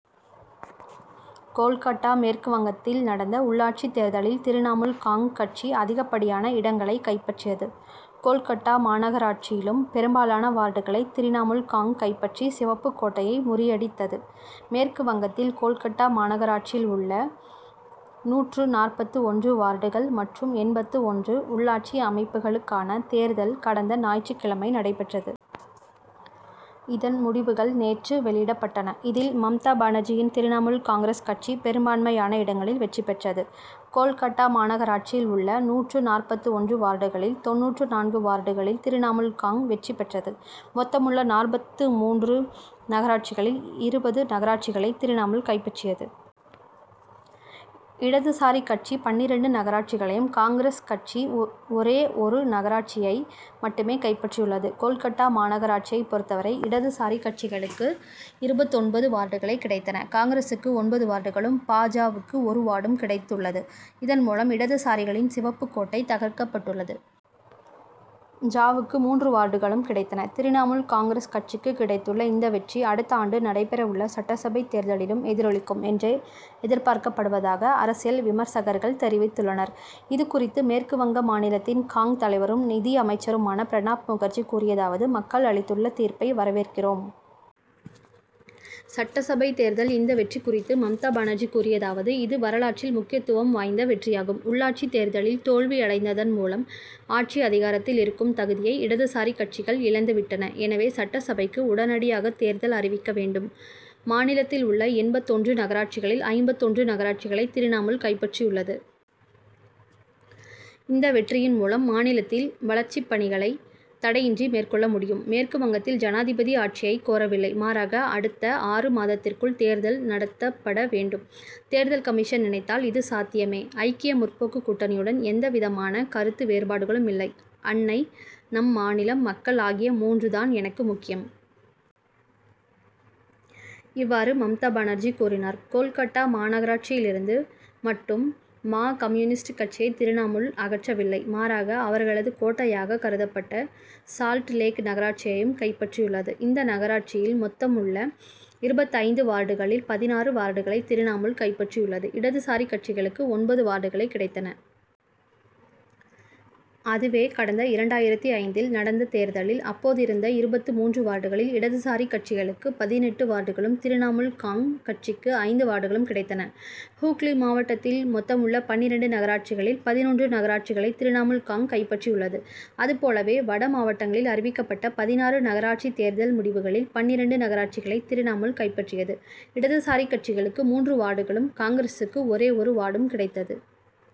கோல்கட்டா மேற்குவங்கத்தில் நடந்த உள்ளாட்சித் தேர்தலில் திரிணமுல் காங்., கட்சி அதிகப்படியான இடங்களை கைப்பற்றியது. கோல்கட்டா மாநகராட்சியிலும் பெரும்பாலான வார்டுகளை திரிணமுல் காங்., கைப்பற்றி, சிவப்புக் கோட்டை'யை முறியடித்தது. மேற்குவங்கத்தில் கோல்கட்டா மாநகராட்சியில் உள்ள நூற்று நாற்பத்து ஒன்று வார்டுகள் மற்றும் எண்பத்து ஒன்று உள்ளாட்சி அமைப்புகளுக்கான தேர்தல் கடந்த ஞாயிற்றுக் கிழமை நடைபெற்றது. இதன் முடிவுகள் நேற்று வெளியிடப்பட்டன. இதில், மம்தா பானர்ஜியின் திரிணமுல் காங்கிரஸ் கட்சி, பெரும்பான்மையான இடங்களில் வெற்றி பெற்றது. கோல்கட்டா மாநகராட்சியில் உள்ள நூற்று நாற்பத்து ஒன்று வார்டுகளில் தொண்ணூற்று நான்கு வார்டுகளில் திரிணமுல் காங்., வெற்றி பெற்றது. மொத்தமுள்ள நாற்பத்து மூன்று நகராட்சிகளில் இருபது நகராட்சிகளை திரிணமுல் கைப்பற்றியது. இடதுசாரி கட்சி பன்னிரண்டு நகராட்சிகளையும், காங்கிரஸ் கட்சி ஒரே ஒரு நகராட்சியை மட்டுமே கைப்பற்றியுள்ளது. கோல்கட்டா மாநகராட்சியைப் பொறுத்தவரை, இடதுசாரி கட்சிகளுக்கு இருபத்தொன்பது வார்டுகளே கிடைத்தன. காங்கிரசுக்கு ஒன்பது வார்டுகளும், பா. ஜ.,வுக்கு ஒரு வார்டும் கிடைத்துள்ளது. இதன் மூலம், இடதுசாரிகளின் சிவப்புக் கோட்டை தகர்க்கப்பட்டுள்ளது. ஜ.,வுக்கு மூன்று வார்டுகளும் கிடைத்தன. திரிணமுல் காங்கிரஸ் கட்சிக்கு கிடைத்துள்ள இந்த வெற்றி, அடுத்த ஆண்டு நடைபெறவுள்ள சட்டசபை தேர்தலிலும் எதிரொலிக்கும் என்றே எதிர்பார்க்கப்படுவதாக அரசியல் விமர்சகர்கள் தெரிவித்துள்ளனர். இது குறித்து மேற்கு வங்க மாநிலத்தின் காங்., தலைவரும், நிதியமைச்சருமான பிரணாப் முகர்ஜி கூறியதாவது மக்கள் அளித்துள்ள தீர்ப்பை வரவேற்கிறோம். சட்டசபை தேர்தல் இந்த வெற்றி குறித்து மம்தா பானர்ஜி கூறியதாவது இது வரலாற்றில் முக்கியத்துவம் வாய்ந்த வெற்றியாகும். உள்ளாட்சி தேர்தலில் தோல்வியடைந்ததன் மூலம், ஆட்சி அதிகாரத்தில் இருக்கும் தகுதியை இடதுசாரி கட்சிகள் இழந்துவிட்டன. எனவே, சட்டசபைக்கு உடனடியாக தேர்தல் அறிவிக்க வேண்டும். மாநிலத்தில் உள்ள எண்பத்து ஒன்று நகராட்சிகளில், ஐம்பத்து ஒன்று நகராட்சிகளை திரிணமுல் கைப்பற்றியுள்ளது. இந்த வெற்றியின் மூலம், மாநிலத்தில் வளர்ச்சிப்பணிகளை தடையின்றி மேற்கொள்ள முடியும். மேற்கு வங்கத்தில் ஜனாதிபதி ஆட்சியை கோரவில்லை, மாறாக அடுத்த ஆறு மாதத்திற்குள் தேர்தல் நடத்தப்பட வேண்டும். தேர்தல் கமிஷன் நினைத்தால் இது சாத்தியமே. ஐக்கிய முற்போக்கு கூட்டணியுடன் எந்தவிதமான கருத்து வேறுபாடுகளும் இல்லை. அன்னை, நம் மாநிலம், மக்கள் ஆகிய மூன்று தான் எனக்கு முக்கியம். இவ்வாறு மம்தா பானர்ஜி கூறினார். கோல்கட்டா மாநகராட்சியிலிருந்து மட்டும் மா. கம்யூனிஸ்ட் கட்சியை திரிணமுல் அகற்றவில்லை; மாறாக, அவர்களது கோட்டையாக கருதப்பட்ட சால்ட் லேக் நகராட்சியையும் கைப்பற்றியுள்ளது. இந்த நகராட்சியில், மொத்தமுள்ள இருபத்தைந்து வார்டுகளில் பதினாறு வார்டுகளை திரிணமுல் கைப்பற்றியுள்ளது. இடதுசாரி கட்சிகளுக்கு ஒன்பது வார்டுகளே கிடைத்தன. அதுவே, கடந்த இரண்டாயிரத்து ஐந்தில் நடந்த தேர்தலில், அப்போதிருந்த இருபத்து மூன்று வார்டுகளில் இடதுசாரி கட்சிகளுக்கு பதினெட்டு வார்டுகளும், திரிணமுல் காங்., கட்சிக்கு ஐந்து வார்டுகளும் கிடைத்தன. ஹூக்ளி மாவட்டத்தில், மொத்தமுள்ள பன்னிரண்டு நகராட்சிகளில் பதினொன்று நகராட்சிகளை திரிணமுல் காங்., கைப்பற்றியுள்ளது. அதுபோலவே, வட மாவட்டங்களில் அறிவிக்கப்பட்ட பதினாறு நகராட்சி தேர்தல் முடிவுகளில் பன்னிரண்டு நகராட்சிகளை திரிணமுல் கைப்பற்றியது. இடதுசாரி கட்சிகளுக்கு மூன்று வார்டுகளும், காங்கிரசுக்கு ஒரே ஒரு வாடும் கிடைத்தது.